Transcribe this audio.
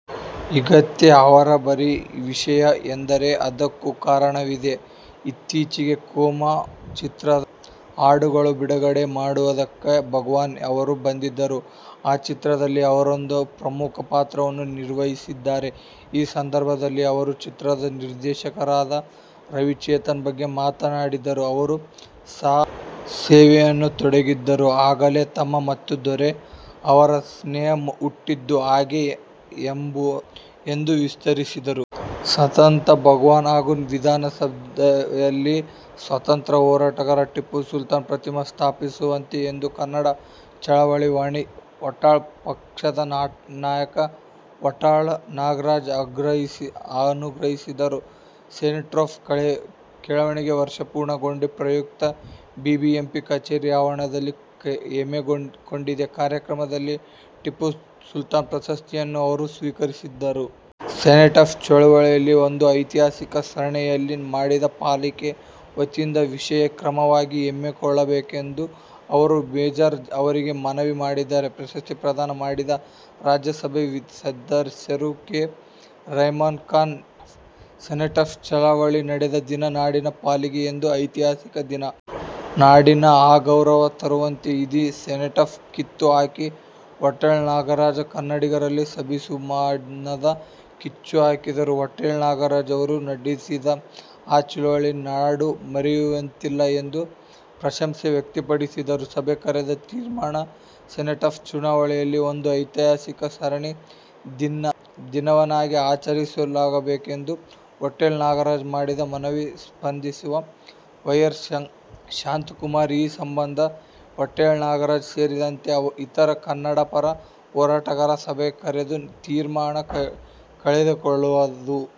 ಈಗ್ಯಾಕೆ ಅವರಿಬ್ಬರ ವಿಷಯ ಎಂದರೆ ಅದಕ್ಕೂ ಕಾರಣವಿದೆ. ಇತ್ತೀಚೆಗೆ "ಕೋಮ' ಚಿತ್ರದ ಹಾಡುಗಳನ್ನು ಬಿಡುಗಡೆ ಮಾಡುವುದಕ್ಕೆ ಭಗವಾನ್ ಅವರು ಬಂದಿದ್ದರು. ಆ ಚಿತ್ರದಲ್ಲಿ ಅವರೊಂದು ಪ್ರಮುಖ ಪಾತ್ರವನ್ನೂ ನಿರ್ವಹಿಸಿದ್ದಾರೆ. ಈ ಸಂದರ್ಭದಲ್ಲಿ ಅವರು ಚಿತ್ರದ ನಿರ್ದೇಶಕರಾದ ರವಿ-ಚೇತನ್ ಬಗ್ಗೆ ಮಾತಾಡಿದರು. ಅವರ ಸ್ನೇಹವನ್ನು ಕೊಂಡಾಡಿದರು. ಆಗಲೇ ತಮ್ಮ ಮತ್ತು ದೊರೈ ಅವರ ಸ್ನೇಹ ಹುಟ್ಟಿದ್ದು ಹೇಗೆ ಎಂದು ವಿವರಿಸಿದರು. ಸಂಸತ್ ಭವನ ಹಾಗೂ ವಿಧಾನಸೌಧದಲ್ಲಿ ಸ್ವಾತಂತ್ರ್ಯ ಹೋರಾಟಗಾರ ಟಿಪ್ಪು ಸುಲ್ತಾನ್ ಪ್ರತಿಮೆ ಸ್ಥಾಪಿಸುವಂತೆ ಎಂದು ಕನ್ನಡ ಚಳವಳಿ ವಾಟಾಳ್ ಪಕ್ಷದ ನಾಯಕ ವಾಟಾಳ್ ನಾಗರಾಜ್ ಆಗ್ರಹಿಸಿದ್ದಾರೆ. ಸೆನೆಟಾಫ್ ಚಳವಳಿಗೆ ವರ್ಷ ಪೂರ್ಣಗೊಂಡ ಪ್ರಯುಕ್ತ ಬಿಬಿಎಂಪಿ ಕಚೇರಿ ಆವರಣದಲ್ಲಿ ಹಮ್ಮಿಕೊಂಡಿದ್ದ ಕಾರ್ಯಕ್ರಮದಲ್ಲಿ ಟಿಪ್ಪು ಸುಲ್ತಾನ್ ಪ್ರಶಸ್ತಿಯನ್ನು ಅವರು ಸ್ವೀಕರಿಸಿದರು. ಸೆನೆಟಾಫ್ ಚಳವಳಿಯನ್ನು ಒಂದು ಐತಿಹಾಸಿಕ ಸ್ಮರಣೆಯನ್ನಾಗಿ ಮಾಡಲು ಪಾಲಿಕೆ ವತಿಯಿಂದ ವಿಶೇಷ ಕಾರ್ಯಕ್ರಮ ಹಮ್ಮಿಕೊಳ್ಳಬೇಕು ಎಂದು ಅವರು ಮೇಯರ್ ಅವರಿಗೆ ಮನವಿ ಮಾಡಿದರು. ಪ್ರಶಸ್ತಿ ಪ್ರದಾನ ಮಾಡಿದ ರಾಜ್ಯಸಭಾ ಸದಸ್ಯ ಕೆ. ರಹಮಾನ್ ಖಾನ್, ಸೆನೆಟಾಫ್ ಚಳವಳಿ ನಡೆದ ದಿನ ನಾಡಿನ ಪಾಲಿಗೆ ಒಂದು ಐತಿಹಾಸಿಕ ದಿನ. ನಾಡಿಗೆ ಅಗೌರವ ತರುವಂತೆ ಇದ್ದ ಸೆನೆಟಾಫ್ ಕಿತ್ತು ಹಾಕಿ ವಾಟಾಳ್ ನಾಗರಾಜ್ ಕನ್ನಡಿಗರಲ್ಲಿ ಸ್ವಾಭಿಮಾನದ ಕಿಚ್ಚು ಹಚ್ಚಿದರು. ವಾಟಾಳ್ ನಾಗರಾಜ್ ಅವರು ನಡೆಸಿದ ಈ ಚಳವಳಿ ನಾಡು ಮರೆಯುವಂತಿಲ್ಲ ಎಂದು ಪ್ರಶಂಸೆ ವ್ಯಕ್ತಪಡಿಸಿದರು. ಸಭೆ ಕರೆದು ತೀರ್ಮಾನ: ಸೆನೆಟಾಫ್ ಚಳವಳಿಯನ್ನು ಒಂದು ಐತಿಹಾಸಿಕ ಸ್ಮರಣೀಯ ದಿನವನ್ನಾಗಿ ಆಚರಿಸಬೇಕು ಎಂದು ವಾಟಾಳ್ ನಾಗರಾಜ್ ಮಾಡಿದ ಮನವಿಗೆ ಸ್ಪಂದಿಸಿದ ಮೇಯರ್ ಶಾಂತಾಕುಮಾರಿ, ಈ ಸಂಬಂಧ ವಾಟಾಳ್ ನಾಗರಾಜ್ ಸೇರಿದಂತೆ ಇತರ ಕನ್ನಡಪರ ಹೋರಾಟಗಾರರ ಸಭೆ ಕರೆದು ತೀರ್ಮಾನ ತೆಗೆದುಕೊಳ್ಳಲಾಗುವುದು.